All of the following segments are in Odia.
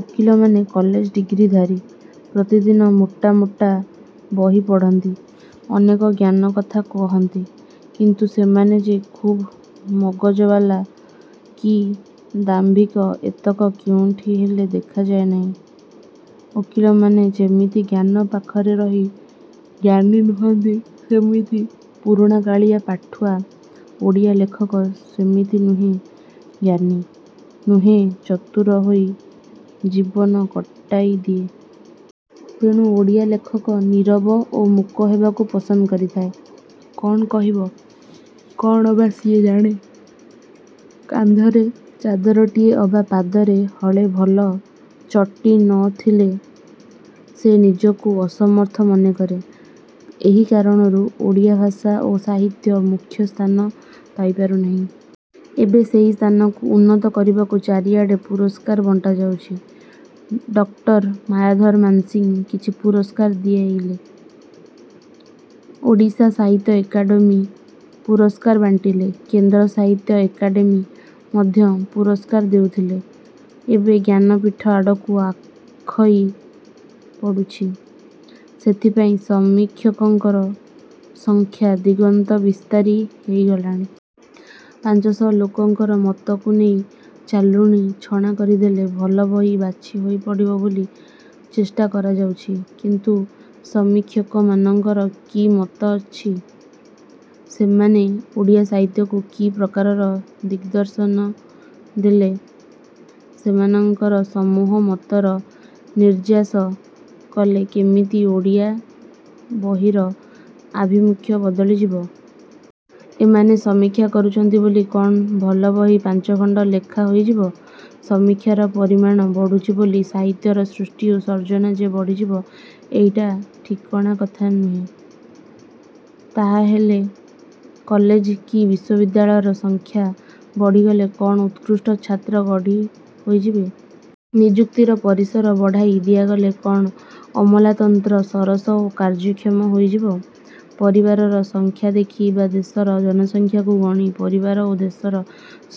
ଓକିଲମାନେ କଲେଜ ଡିଗ୍ରିଧାରୀ। ପ୍ରତିଦିନ ମୋଟାମୋଟା ବହି ପଢ଼ନ୍ତି। ଅନେକ ଜ୍ଞାନ କଥା କହନ୍ତି। କିନ୍ତୁ ସେମାନେ ଯେ ଖୁବ୍ ମଗଜବାଲା କି ଦାମ୍ଭିକ ଏତକ କେଉଁଠି ହେଲେ ଦେଖାଯାଏ ନାହିଁ। ଓକିଲମାନେ ଯେମିତି ଜ୍ଞାନ ପାଖରେ ରହି ଜ୍ଞାନୀ ନୁହନ୍ତି ସେମିତି ପୁରୁଣାକାଳିଆ ପାଠୁଆ ଓଡ଼ିଆ ଲେଖକ ସେମିତି ନୁହେଁ ଜ୍ଞାନୀ-ନୁହେଁ ଚତୁର ହୋଇ ଜୀବନ କଟାଇ ଦିଏ। ତେଣୁ ଓଡ଼ିଆ ଲେଖକ ନୀରବ ଓ ମୂକ ହେବାକୁ ପସନ୍ଦ କରିଥାଏ। କ'ଣ କହିବ? କ'ଣ ଅବା ସିଏ ଜାଣେ? କାନ୍ଧରେ ଚାଦରଟିଏ ଅବା ପାଦରେ ହଳେ ଭଲ ଚଟି ନ ଥିଲେ ସେ ନିଜକୁ ଅସମର୍ଥ ମନେ କରେ। ଏହି କାରଣରୁ ଓଡ଼ିଆ ଭାଷା ଓ ସାହିତ୍ୟ ମୁଖ୍ୟସ୍ଥାନ ପାଇପାରୁ ନାହିଁ। ଏବେ ସେହି ସ୍ଥାନକୁ ଉନ୍ନତ କରିବାକୁ ଚାରିଆଡ଼େ ପୁରସ୍କାର ବଣ୍ଟା ଯାଉଛି। ଡକ୍ଟର ମାୟାଧର ମାନସିଂହ କିଛି ପୁରସ୍କାର ଦିଆଇଲେ। ଓଡ଼ିଶା ସାହିତ୍ୟ ଏକାଡେମି ପୁରସ୍କାର ବାଣ୍ଟିଲେ। କେନ୍ଦ୍ର ସାହିତ୍ୟ ଏକାଡେମି ମଧ୍ୟ ପୁରସ୍କାର ଦେଉଥିଲେ। ଏବେ ଜ୍ଞାନପୀଠ ଆଡ଼କୁ ଆଖଇ ପଡ଼ୁଛି। ସେଥିପାଇଁ ସମୀକ୍ଷକଙ୍କର ସଂଖ୍ୟା ଦିଗନ୍ତ ବିସ୍ତାରୀ ହେଇଗଲାଣି। ପାଞ୍ଚଶହ ଲୋକଙ୍କର ମତକୁ ନେଇ ଚାଲୁଣୀ-ଛଣା କରିଦେଲେ ଭଲ ବହି ବାଛି ହୋଇ ପଡ଼ିବ ବୋଲି ଚେଷ୍ଟା କରାଯାଉଛି। କିନ୍ତୁ ସମୀକ୍ଷକମାନଙ୍କର କି ମତ ଅଛି? ସେମାନେ ଓଡ଼ିଆ ସାହିତ୍ୟକୁ କି ପ୍ରକାରର ଦିଗ୍ଦର୍ଶନ ଦେଲେ? ସେମାନଙ୍କର ସମୂହ ମତର ନିର୍ଯ୍ୟାସ କଲେ କେମିତି ଓଡ଼ିଆ ବହିର ଆଭିମୁଖ୍ୟ ବଦଳି ଯିବ? ଏମାନେ ସମୀକ୍ଷା କରୁଛନ୍ତି ବୋଲି କ'ଣ ଭଲ ବହି ପାଞ୍ଚଖଣ୍ଡ ଲେଖା ହୋଇଯିବ? ସମୀକ୍ଷାର ପରିମାଣ ବଢ଼ୁଛି ବୋଲି ସହିତ୍ୟର ସୃଷ୍ଟି ଓ ସର୍ଜନା ଯେ ବଢ଼ିଯିବ-ଏଇଟା ଠିକଣା କଥା ନୁହେଁ। ତାହାହେଲେ କଲେଜ କି ବିଶ୍ୱବିଦ୍ୟାଳୟର ସଂଖ୍ୟା ବଢ଼ିଗଲେ କ'ଣ ଉତ୍କୃଷ୍ଟ ଛାତ୍ର ଗଢ଼ି ହୋଇଯିବେ? ନିଯୁକ୍ତିର ପରିସର ବଢ଼ାଇ ଦିଆଗଲେ କ'ଣ ଅମଲାତନ୍ତ୍ର ସରସ ଓ କାର୍ଯ୍ୟକ୍ଷମ ହୋଇଯିବ? ପରିବାରର ସଂଖ୍ୟା ଦେଖି ବା ଦେଶର ଜନସଂଖ୍ୟାକୁ ଗଣି ପରିବାର ଓ ଦେଶର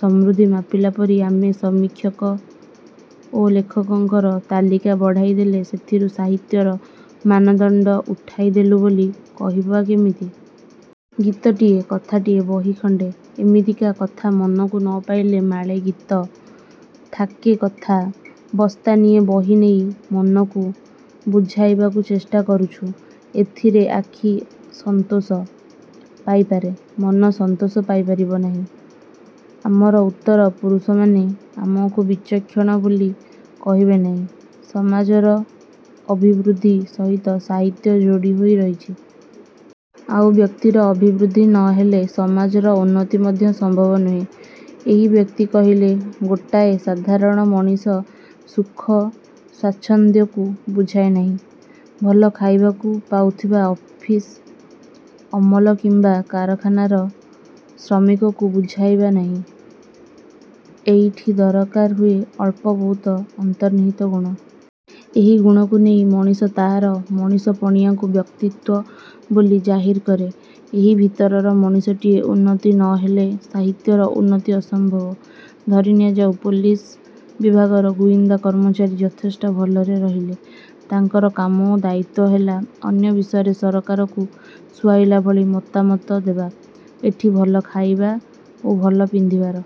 ସମୃଦ୍ଧି ମାପିଲା ପରି ଆମେ ସମୀକ୍ଷକ ଓ ଲେଖକଙ୍କର ତାଲିକା ବଢ଼ାଇ ଦେଲେ ସେଥିରୁ ସାହିତ୍ୟର ମାନଦଣ୍ଡ ଉଠାଇ ଦେଲୁ ବୋଲି କହିବା କେମିତି? ଗୀତଟିଏ-କଥାଟିଏ-ବହି ଖଣ୍ଡେ। ଏମିତିକା କଥା ମନକୁ ନ ପାଇଲେ ମାଳେ ଗୀତ-ଥାକେ କଥା-ବସ୍ତାନିଏ ବହି ନେଇ ମନକୁ ବୁଝାଇବାକୁ ଚେଷ୍ଟା କରୁଛୁ। ଏଥିରେ ଆଖି ସନ୍ତୋଷ ପାଇପାରେ। ମନ ସନ୍ତୋଷ ପାଇପାରିବ ନାହିଁ। ଆମର ଉତ୍ତର ପୁରୁଷମାନେ ଆମକୁ ବିଚକ୍ଷଣ ବୋଲି କହିବେ ନାହିଁ। ସମାଜର ଅଭିବୃଦ୍ଧି ସହିତ ସାହିତ୍ୟ ଯୋଡ଼ି ହୋଇ ରହିଛି। ଆଉ ବ୍ୟକ୍ତିର ଅଭିବୃଦ୍ଧି ନ ହେଲେ ସମାଜର ଉନ୍ନତି ମଧ୍ୟ ସମ୍ଭବ ନୁହେଁ। ଏହି ବ୍ୟକ୍ତି କହିଲେ ଗୋଟାଏ ସାଧାରଣ ମଣିଷର ସୁଖ ସ୍ୱାଚ୍ଛନ୍ଦ୍ୟକୁ ବୁଝାଏ ନାହିଁ। ଭଲ ଖାଇବାକୁ ପାଉଥିବା ଅଫିସ ଅମଲ କିମ୍ବା କାରଖାନାର ଶ୍ରମିକକୁ ବୁଝାଇବା ନାହିଁ। ଏଇଠି ଦରକାର ହୁଏ ଅଳ୍ପ ବହୁତ ଅନ୍ତର୍ନିହିତ ଗୁଣ। ଏହି ଗୁଣକୁ ନେଇ ମଣିଷ ତାହାର ମଣିଷ ପଣିଆକୁ ବ୍ୟକ୍ତିତ୍ୱ ବୋଲି ଜାହିର କରେ। ଏହି ଭିତରର ମଣିଷଟିର ଉନ୍ନତି ନ ହେଲେ ସାହିତ୍ୟର ଉନ୍ନତି ଅସମ୍ଭବ। ଧରି ନିଆଯାଉ ପୋଲିସ ବିଭାଗର ଗୁଇନ୍ଦା କର୍ମଚାରୀ ଯଥେଷ୍ଟ ଭଲରେ ରହିଲେ। ତାଙ୍କର କାମ ଓ ଦାୟିତ୍ୱ ହେଲା ଅନ୍ୟ ବିଷୟରେ ସରକାରକୁ ସୁହାଇଲା ଭଳି ମତାମତ ଦେବା। ଏଠି ଭଲ ଖାଇବା ଓ ଭଲ ପିନ୍ଧିବାର